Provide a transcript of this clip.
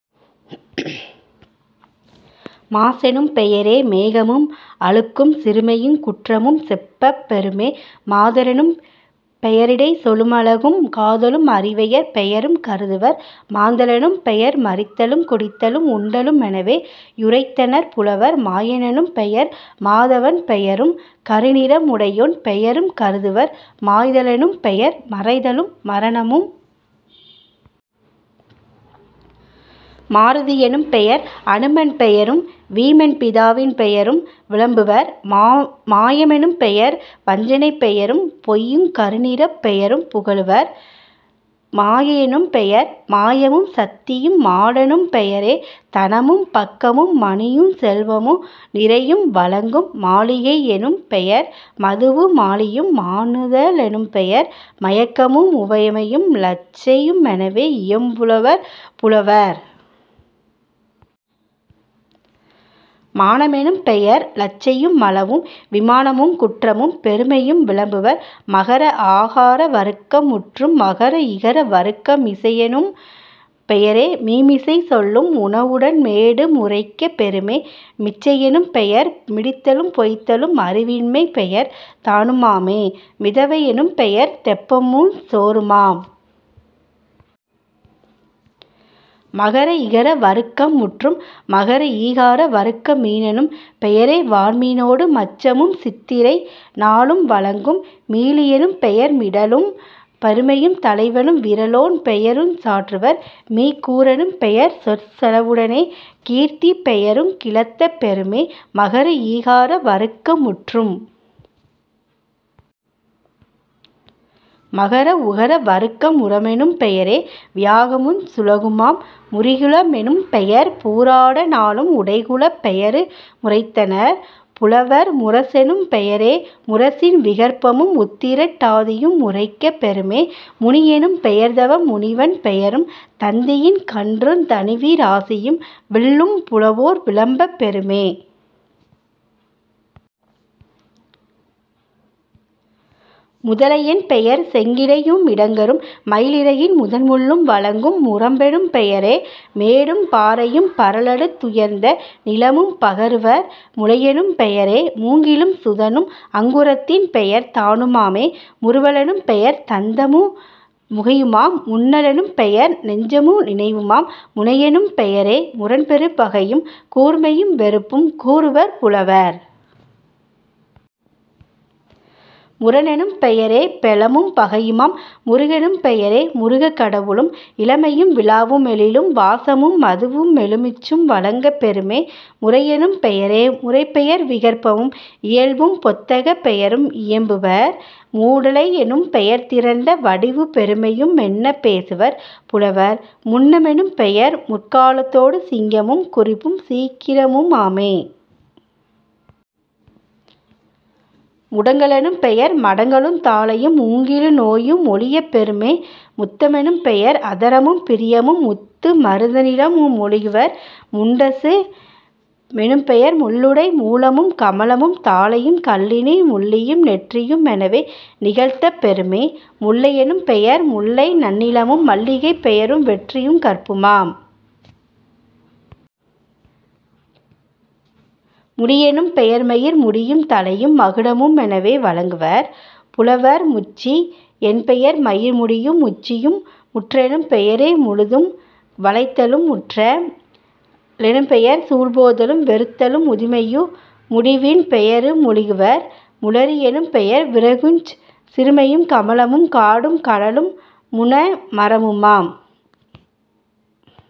மாசெனும் பெயரே மேகமும் அழுக்கும் சிறுமையுங் குற்றமும் செப்பப் பெறுமே..... மாத ரெனும்பெய ரிடைச்சொலு மழகும் காதலும் அரிவையர் பெயரும் கருதுவர்..... மாந்த லெனும்பெயர் மரித்தலும் குடித்தலும் உண்டலு மெனவே யுரைத்தனர் புலவர்..... மாய னெனும்பெயர் மாதவன் பெயரும் கருநிற முடையோன் பெயரும் கருதுவர்..... மாய்த லெனும்பெயர் மறைதலும் மரணமும்..... மாருதி யெனும்பெயர் அநுமன் பெயரும் வீமன் பிதாவின் பெயரும் விளம்புவர்..... மாய மெனும்பெயர் வஞ்சனைப் பெயரும் பொய்யுங் கருநிறப் பெயரும் புகலுவர்..... மாயை யெனும்பெயர் மாயமும் சத்தியும்..... மாடெனும் பெயரே தனமும் பக்கமும் மணியுஞ் செல்வமு நிரையும் வழங்கும்..... மாலிகை யெனும்பெயர் மதுவு மாலியும்..... மானுத லெனும்பெயர் மயக்கமு முவமையும் இலச்சையு மெனவே இயம்புலவர் புலவர்..... மான மெனும்பெயர் லச்சையு மளவும் விமானமுங் குற்றமும் பெருமையும் விளம்புவர்..... மகர ஆகார வருக்கம் முற்றும். மகர இகர வருக்கம் மிசையெனும் பெயரே மீமிசைச் சொல்லும் உணவுடன் மேடு முரைக்கப் பெறுமே..... மிச்சை யெனும்பெயர் மிடித்தலும் பொய்த்தலும் அறிவின் மைப்பெயர் தானு மாமே.....। மிதவை யெனும்பெயர் தெப்பமுஞ் சோறுமாம்..... மகர இகர வருக்கம் முற்றும். மகர ஈகார வருக்கம் மீனெனும் பெயரே வான்மீ னோடு மச்சமும் சித்திரை நாளும் வழங்கும்..... மீளி யெனும்பெயர் மிடலும் பெருமையும் தலைவனும் விறலோன் பெயருஞ் சாற்றுவர்..... மீக்கூ றெனும்பெயர் சொற்செல வுடனே கீர்த்திப் பெயருங் கிளத்தப் பெறுமே..... மகர ஈகார வருக்கம் முற்றும். மகர உகர வருக்கம் முறமெனும் பெயரே வியாகமுஞ் சுளகுமாம்..... முறிகுள மெனும்பெயர் பூராட நாளும் உடைகுளப் பெயரு முரைத்தனர் புலவர்..... முரசெனும் பெயரே முரசின் விகற்பமும் உத்திரட் டாதியு முரைக்கப் பெறுமே..... முனியெனும் பெயர்தவ முனிவன் பெயரும் தந்தியின் கன்றுந் தனுவி ராசியும் வில்லும் புலவோர் விளம்பப் பெறுமே..... முதலை யென்பெயர் செங்கிடையு மிடங்கரும் மயிலிறகின் முதன் முள்ளும் வழங்கும்..... முரம்பெனும் பெயரே மேடும் பாறையும் பரலடுத் துயர்ந்த நிலமும் பகருவர்..... முளையெனும் பெயரே மூங்கிலும் சுதனும் அங்குரத் தின்பெயர் தானு மாமே..... முறுவ லெனும்பெயர் தந்தமு முகையுமாம்..... முன்ன லெனும்பெயர் நெஞ்சமு நினைவுமாம்..... முனையெனும் பெயரே முரண்பெறு பகையும் கூர்மையும் வெறுப்பும் கூறுவர் புலவர்..... முரணெனும் பெயரே பெலமும் பகையுமாம்..... முருகெனும் பெயரே முருகக் கடவுளும் இளமையும் விழாவு மெழிலும் வாசமும் மதுவு மெலுமிச்சு வழங்கப் பெறுமே..... முறையெனும் பெயரே முறைப்பெயர் விகற்பமும் இயல்பும் பொத்தகப் பெயரும் இயம்புவர்..... மூடலை யெனும்பெயர் திரண்ட வடிவும் பெருமையு மென்னப் பேசுவர் புலவர்..... முன்ன மெனும்பெயர் முற்கா லத்தொடு சிங்கமும் குறிப்பும் சீக்கிரமு மாமே..... முடங்க லெனும்பெயர் மடங்கலுந் தாழையும் மூங்கிலு நோயு மொழியப் பெறுமே..... முத்த மெனும்பெயர் அதரமும் பிரியமும் முத்து மருத நிலமு மொழிகுவர்..... முண்டசு மெனும்பெயர் முள்ளுடை மூலமும் கமலமும் தாழையும் கள்ளுநீர் முள்ளியும் நெற்றியு மெனவே நிகழ்த்தப் பெறுமே..... முல்லை யெனும்பெயர் முல்லை நன்னிலமும் மல்லிகைப் பெயரும் வெற்றியுங் கற்புமாம்..... முடியெனும் பெயர்மயிர் முடியும் தலையும் மகுடமு மெனவே வழங்குவர் புலவர்..... முச்சி யென்பெயர் மயிர்முடியு முச்சியும்..... முற்றெனும் பெயரே முழுதும் வளைத்தலும்..... முற்ற லெனும்பெயர் சூழ்போதலும் வெறுத்தலும் முதுமையு முடிவின் பெயரு மொழிகுவர்..... முளரி யெனும்பெயர் விறகுஞ் சிறுமையும் கமலமும் காடும் கனலும் முணமரமும்மாம்....